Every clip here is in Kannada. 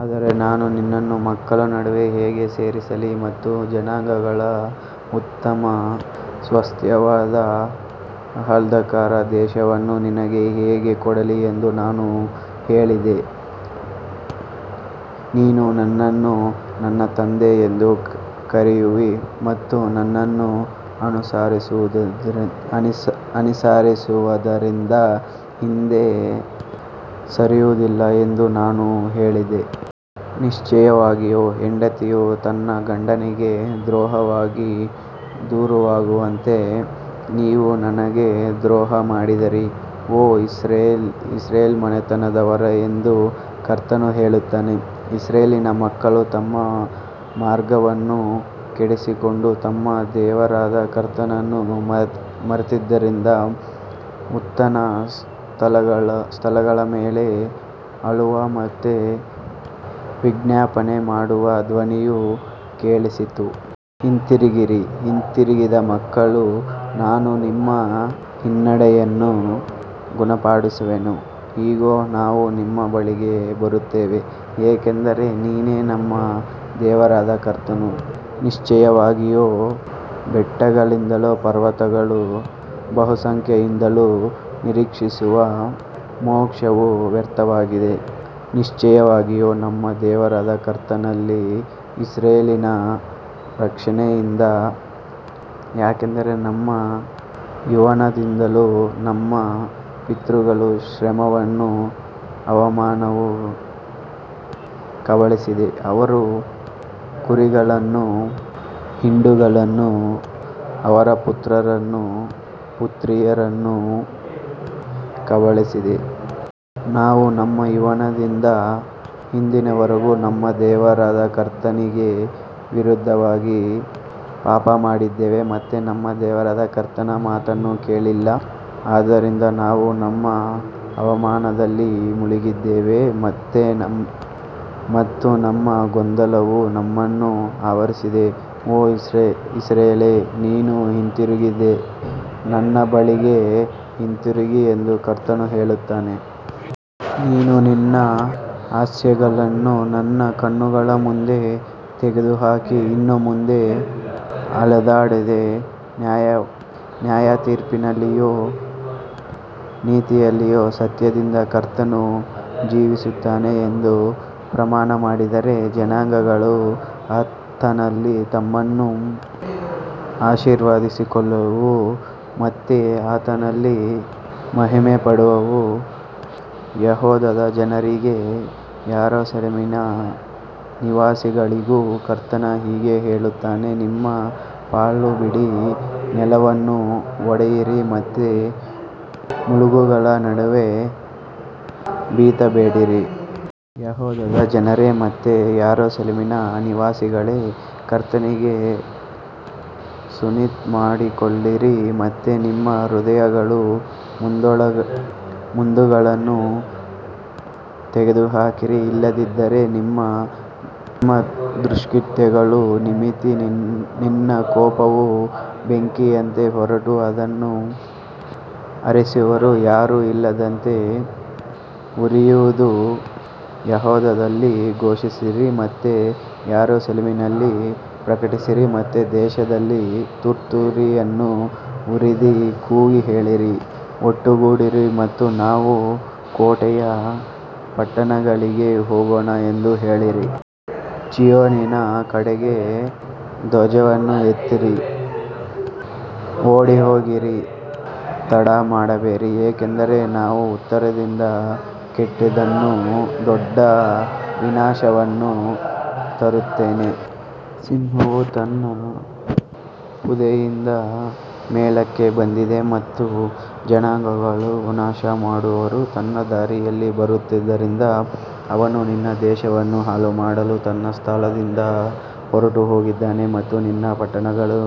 ಆದರೆ ನಾನು ನಿನ್ನನ್ನು ಮಕ್ಕಳ ನಡುವೆ ಹೇಗೆ ಸೇರಿಸಲಿ ಮತ್ತು ಜನಾಂಗಗಳ ಉತ್ತಮ ಸ್ವಾಸ್ತ್ಯವಾದ ಆಹ್ಲಾದಕರ ದೇಶವನ್ನು ನಿನಗೆ ಹೇಗೆ ಕೊಡಲಿ ಎಂದು ನಾನು ಹೇಳಿದೆ. ನೀನು ನನ್ನನ್ನು ನನ್ನ ತಂದೆ ಎಂದು ಕರೆಯುವಿ ಮತ್ತು ನನ್ನನ್ನು ಅನುಸರಿಸುವುದರಿಂದ ಹಿಂದೆ ಸರಿಯುವುದಿಲ್ಲ ಎಂದು ನಾನು ಹೇಳಿದೆ. ನಿಶ್ಚಯವಾಗಿಯೂ ಹೆಂಡತಿಯು ತನ್ನ ಗಂಡನಿಗೆ ದ್ರೋಹವಾಗಿ ದೂರವಾಗುವಂತೆ ನೀವು ನನಗೆ ದ್ರೋಹಮಾಡಿದ್ದೀರಿ, ಓ ಇಸ್ರಾಯೇಲ್ ಮನೆತನದವರೇ ಎಂದು ಕರ್ತನು ಹೇಳುತ್ತಾನೆ. ಇಸ್ರಾಯೇಲಿನ ಮಕ್ಕಳು ತಮ್ಮ ಮಾರ್ಗವನ್ನು ಕೆಡಿಸಿಕೊಂಡು ತಮ್ಮ ದೇವರಾದ ಕರ್ತನನ್ನು ಮರೆತಿದ್ದರಿಂದ ಉನ್ನತ ಸ್ಥಳಗಳ ಮೇಲೆ ಅಳುವ ಮತ್ತು ವಿಜ್ಞಾಪನೆ ಮಾಡುವ ಧ್ವನಿಯು ಕೇಳಿಸಿತು. ಹಿಂತಿರುಗಿರಿ, ಹಿಂತಿರುಗಿದ ಮಕ್ಕಳೇ, ನಾನು ನಿಮ್ಮ ಹಿನ್ನಡೆಯನ್ನು ಗುಣಪಡಿಸುವೆನು. ಇಗೋ, ನಾವು ನಿಮ್ಮ ಬಳಿಗೆ ಬರುತ್ತೇವೆ, ಏಕೆಂದರೆ ನೀನೇ ನಮ್ಮ ದೇವರಾದ ಕರ್ತನು. ನಿಶ್ಚಯವಾಗಿಯೂ ಬೆಟ್ಟಗಳಿಂದಲೂ ಪರ್ವತಗಳ ಬಹುಸಂಖ್ಯೆಯಿಂದಲೂ ನಿರೀಕ್ಷಿಸುವ ಮೋಕ್ಷವು ವ್ಯರ್ಥವಾಗಿದೆ, ನಿಶ್ಚಯವಾಗಿಯೂ ನಮ್ಮ ದೇವರಾದ ಕರ್ತನಲ್ಲಿ ಇಸ್ರಾಯೇಲಿನ ರಕ್ಷಣೆಯಿದೆ. ಯಾಕಂದರೆ ನಮ್ಮ ಯೌವನದಿಂದಲೂ ನಮ್ಮ ಪಿತೃಗಳ ಶ್ರಮವನ್ನು ಅವಮಾನವು ಕಬಳಿಸಿದೆ, ಅವರ ಕುರಿಗಳನ್ನೂ ಹಿಂಡುಗಳನ್ನೂ, ಅವರ ಪುತ್ರರನ್ನೂ ಪುತ್ರಿಯರನ್ನೂ ಕಬಳಿಸಿದೆ. ನಾವು ನಮ್ಮ ಯೌವನದಿಂದ ಇಂದಿನವರೆಗೂ ನಮ್ಮ ದೇವರಾದ ಕರ್ತನಿಗೆ ವಿರುದ್ಧವಾಗಿ ಪಾಪಮಾಡಿದ್ದೇವೆ ಮತ್ತು ನಮ್ಮ ದೇವರಾದ ಕರ್ತನ ಮಾತನ್ನು ಕೇಳಲಿಲ್ಲ. ಆದ್ದರಿಂದ ನಾವು ನಮ್ಮ ಅವಮಾನದಲ್ಲಿ ಮಲಗಿದ್ದೇವೆ ಮತ್ತು ನಮ್ಮ ಗೊಂದಲವು ನಮ್ಮನ್ನು ಆವರಿಸಿದೆ. ಓ ಇಸ್ರಾಯೇಲೇ, ನೀನು ಹಿಂತಿರುಗಿದರೆ ನನ್ನ ಬಳಿಗೆ ಹಿಂತಿರುಗು ಎಂದು ಕರ್ತನು ಹೇಳುತ್ತಾನೆ. ನೀನು ನಿನ್ನ ಅಸಹ್ಯಗಳನ್ನು ನನ್ನ ಕಣ್ಣುಗಳ ಮುಂದೆ ತೆಗೆದುಹಾಕಿ ಇನ್ನು ಮುಂದೆ ಅಲೆದಾಡದೆ ನ್ಯಾಯತೀರ್ಪಿನಲ್ಲಿಯೂ ನೀತಿಯಲ್ಲಿಯೂ ಸತ್ಯದಿಂದ ಕರ್ತನು ಜೀವಿಸುತ್ತಾನೆ ಎಂದು ಪ್ರಮಾಣಮಾಡಿದರೆ, ಜನಾಂಗಗಳು ಆತನಲ್ಲಿ ತಮ್ಮನ್ನು ಆಶೀರ್ವದಿಸಿಕೊಳ್ಳುವವು ಮತ್ತು ಆತನಲ್ಲಿ ಮಹಿಮೆಪಡುವವು. ಯೆಹೂದದ ಜನರಿಗೂ ಯೆರೂಸಲೇಮಿನ ನಿವಾಸಿಗಳಿಗೂ ಕರ್ತನು ಹೀಗೆ ಹೇಳುತ್ತಾನೆ, ನಿಮ್ಮ ಪಾಳುಬಿದ್ದ ನೆಲವನ್ನು ಒಡೆಯಿರಿ ಮತ್ತು ಮುಳ್ಳುಗಳ ನಡುವೆ ಬಿತ್ತಬೇಡಿರಿ. ಯೆಹೂದದ ಜನರೇ ಮತ್ತು ಯೆರೂಸಲೇಮಿನ ನಿವಾಸಿಗಳೇ, ಕರ್ತನಿಗೆ ಸುನ್ನತಿ ಮಾಡಿಸಿಕೊಳ್ಳಿರಿ ಮತ್ತು ನಿಮ್ಮ ಹೃದಯಗಳ ಮುಂದೊಗಲನ್ನು ತೆಗೆದುಹಾಕಿರಿ, ಇಲ್ಲದಿದ್ದರೆ ನಿಮ್ಮ ದುಷ್ಕೃತ್ಯಗಳ ನಿಮಿತ್ತ ನನ್ನ ಕೋಪವು ಬೆಂಕಿಯಂತೆ ಹೊರಟು ಅದನ್ನು ಆರಿಸುವವರು ಯಾರೂ ಇಲ್ಲದಂತೆ ಉರಿಯುವುದು. ಯೆಹೂದದಲ್ಲಿ ಘೋಷಿಸಿರಿ ಮತ್ತು ಯೆರೂಸಲೇಮಿನಲ್ಲಿ ಪ್ರಕಟಿಸಿರಿ ಮತ್ತು ದೇಶದಲ್ಲಿ ತುತ್ತೂರಿಯನ್ನು ಊದಿರಿ, ಕೂಗಿ ಹೇಳಿರಿ, ಒಟ್ಟುಗೂಡಿರಿ ಮತ್ತು ನಾವು ಕೋಟೆಯ ಪಟ್ಟಣಗಳಿಗೆ ಹೋಗೋಣ ಎಂದು ಹೇಳಿರಿ. ಚೀಯೋನಿನ ಕಡೆಗೆ ಧ್ವಜವನ್ನು ಎತ್ತಿರಿ, ಓಡಿಹೋಗಿರಿ, ತಡಮಾಡಬೇಡಿರಿ, ಏಕೆಂದರೆ ನಾನು ಉತ್ತರದಿಂದ ಕೆಟ್ಟದ್ದನ್ನೂ ದೊಡ್ಡ ವಿನಾಶವನ್ನೂ ತರುತ್ತೇನೆ. ಸಿಂಹವು ತನ್ನ ಪೊದೆಯಿಂದ ಮೇಲಕ್ಕೆ ಬಂದಿದೆ ಮತ್ತು ಜನಾಂಗಗಳನ್ನು ನಾಶಮಾಡುವವನು ತನ್ನ ದಾರಿಯಲ್ಲಿ ಬರುತ್ತಿದ್ದಾನೆ. ಅವನು ನಿನ್ನ ದೇಶವನ್ನು ಹಾಳುಮಾಡಲು ತನ್ನ ಸ್ಥಳದಿಂದ ಹೊರಟುಹೋಗಿದ್ದಾನೆ ಮತ್ತು ನಿನ್ನ ಪಟ್ಟಣಗಳು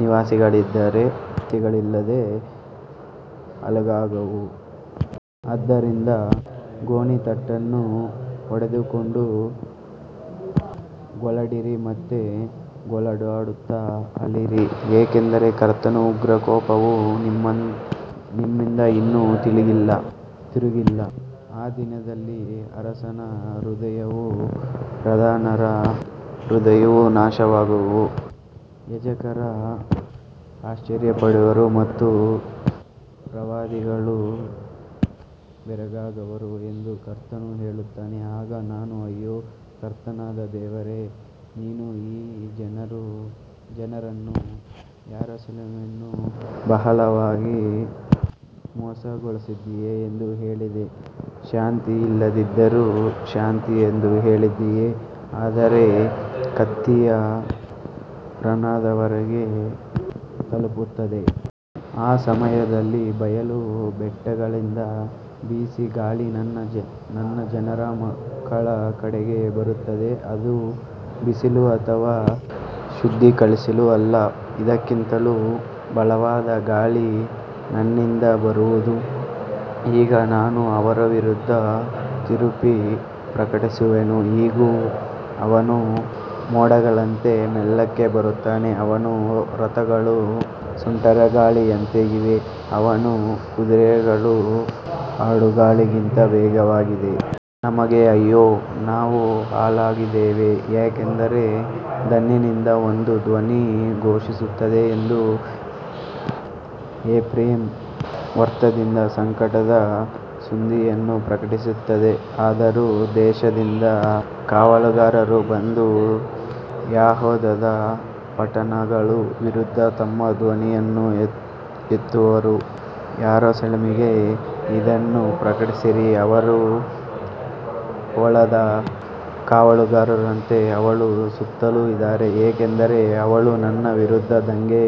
ನಿವಾಸಿಗಳಿಲ್ಲದೆ ಹಾಳಾಗುವವು. ಆದ್ದರಿಂದ ಗೋಣಿತಟ್ಟನ್ನು ಹೊದ್ದುಕೊಂಡು ಗೋಳಾಡಿರಿ ಮತ್ತು ಗೋಳಾಡುತ್ತಾ ಅಳಿರಿ, ಏಕೆಂದರೆ ಕರ್ತನ ಉಗ್ರ ಕೋಪವು ನಮ್ಮಿಂದ ಇನ್ನೂ ತಿರುಗಿಲ್ಲ. ಆ ದಿನದಲ್ಲಿ ಅರಸನ ಹೃದಯವೂ ಪ್ರಧಾನರ ಹೃದಯವೂ ನಾಶವಾಗುವವು, ಯಾಜಕರು ಆಶ್ಚರ್ಯಪಡುವರು ಮತ್ತು ಪ್ರವಾದಿಗಳು ಬೆರಗಾಗುವರು ಎಂದು ಕರ್ತನು ಹೇಳುತ್ತಾನೆ. ಆಗ ನಾನು, ಅಯ್ಯೋ, ಕರ್ತನಾದ ದೇವರೇ, ನೀನು ಈ ಜನರನ್ನೂ ಯೆರೂಸಲೇಮನ್ನೂ ಬಹಳವಾಗಿ ಮೋಸಗೊಳಿಸಿದ್ದೀಯೆ ಎಂದು ಹೇಳಿದೆ, ಶಾಂತಿ ಇಲ್ಲದಿದ್ದರೂ ಶಾಂತಿ ಎಂದು ಹೇಳಿದ್ದೀಯೆ, ಆದರೆ ಕತ್ತಿಯು ಪ್ರಾಣದವರೆಗೆ ತಲುಪುತ್ತದೆ. ಆ ಸಮಯದಲ್ಲಿ ಬಯಲು ಬೆಟ್ಟಗಳಿಂದ ಬಿಸಿ ಗಾಳಿ ನನ್ನ ಜನರ ಮಗಳ ಕಡೆಗೆ ಬರುತ್ತದೆ, ಅದು ಬೀಸಲು ಅಥವಾ ಶುದ್ಧೀಕರಿಸಲು ಅಲ್ಲ. ಇದಕ್ಕಿಂತಲೂ ಬಲವಾದ ಗಾಳಿ ನನ್ನಿಂದ ಬರುವದು, ಈಗ ನಾನು ಅವರ ವಿರುದ್ಧ ತೀರ್ಪು ಪ್ರಕಟಿಸುವೆನು. ಇಗೋ, ಅವನು ಮೋಡಗಳಂತೆ ಮೇಲಕ್ಕೆ ಬರುತ್ತಾನೆ, ಅವನ ರಥಗಳು ಸುಂಟರಗಾಳಿಯಂತೆ ಇವೆ, ಅವನ ಕುದುರೆಗಳು ಹದ್ದುಗಳಿಗಿಂತ ವೇಗವಾಗಿವೆ. ನಮಗೆ ಅಯ್ಯೋ, ನಾವು ಹಾಳಾಗಿದ್ದೇವೆ. ಯಾಕಂದರೆ ದಾನಿನಿಂದ ಒಂದು ಧ್ವನಿ ಘೋಷಿಸುತ್ತದೆ ಮತ್ತು ಎಫ್ರಾಯೀಮ್ ಪರ್ವತದಿಂದ ಸಂಕಟದ ಸುದ್ದಿಯನ್ನು ಪ್ರಕಟಿಸುತ್ತದೆ. ದೂರದ ದೇಶದಿಂದ ಕಾವಲುಗಾರರು ಬಂದು ಯೆಹೂದದ ಪಟ್ಟಣಗಳ ವಿರುದ್ಧ ತಮ್ಮ ಧ್ವನಿಯನ್ನು ಎತ್ತುವರು. ಯೆರೂಸಲೇಮಿಗೆ ಇದನ್ನು ಪ್ರಕಟಿಸಿರಿ. ಅವರು ಹೊಲದ ಕಾವಲುಗಾರರಂತೆ ಅವಳ ಸುತ್ತಲೂ ಇದ್ದಾರೆ, ಏಕೆಂದರೆ ಅವಳು ನನ್ನ ವಿರುದ್ಧ ದಂಗೆ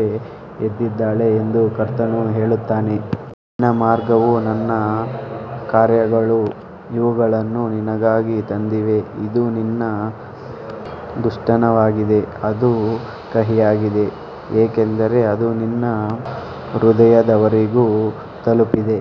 ಎದ್ದಿದ್ದಾಳೆ ಎಂದು ಕರ್ತನು ಹೇಳುತ್ತಾನೆ. ನಿನ್ನ ಮಾರ್ಗವೂ ನಿನ್ನ ಕಾರ್ಯಗಳೂ ಇವುಗಳನ್ನು ನಿನಗಾಗಿ ತಂದಿವೆ. ಇದು ನಿನ್ನ ದುಷ್ಟತನವಾಗಿದೆ, ಅದು ಕಹಿಯಾಗಿದೆ, ಏಕೆಂದರೆ ಅದು ನಿನ್ನ ಹೃದಯದವರೆಗೂ ತಲುಪಿದೆ.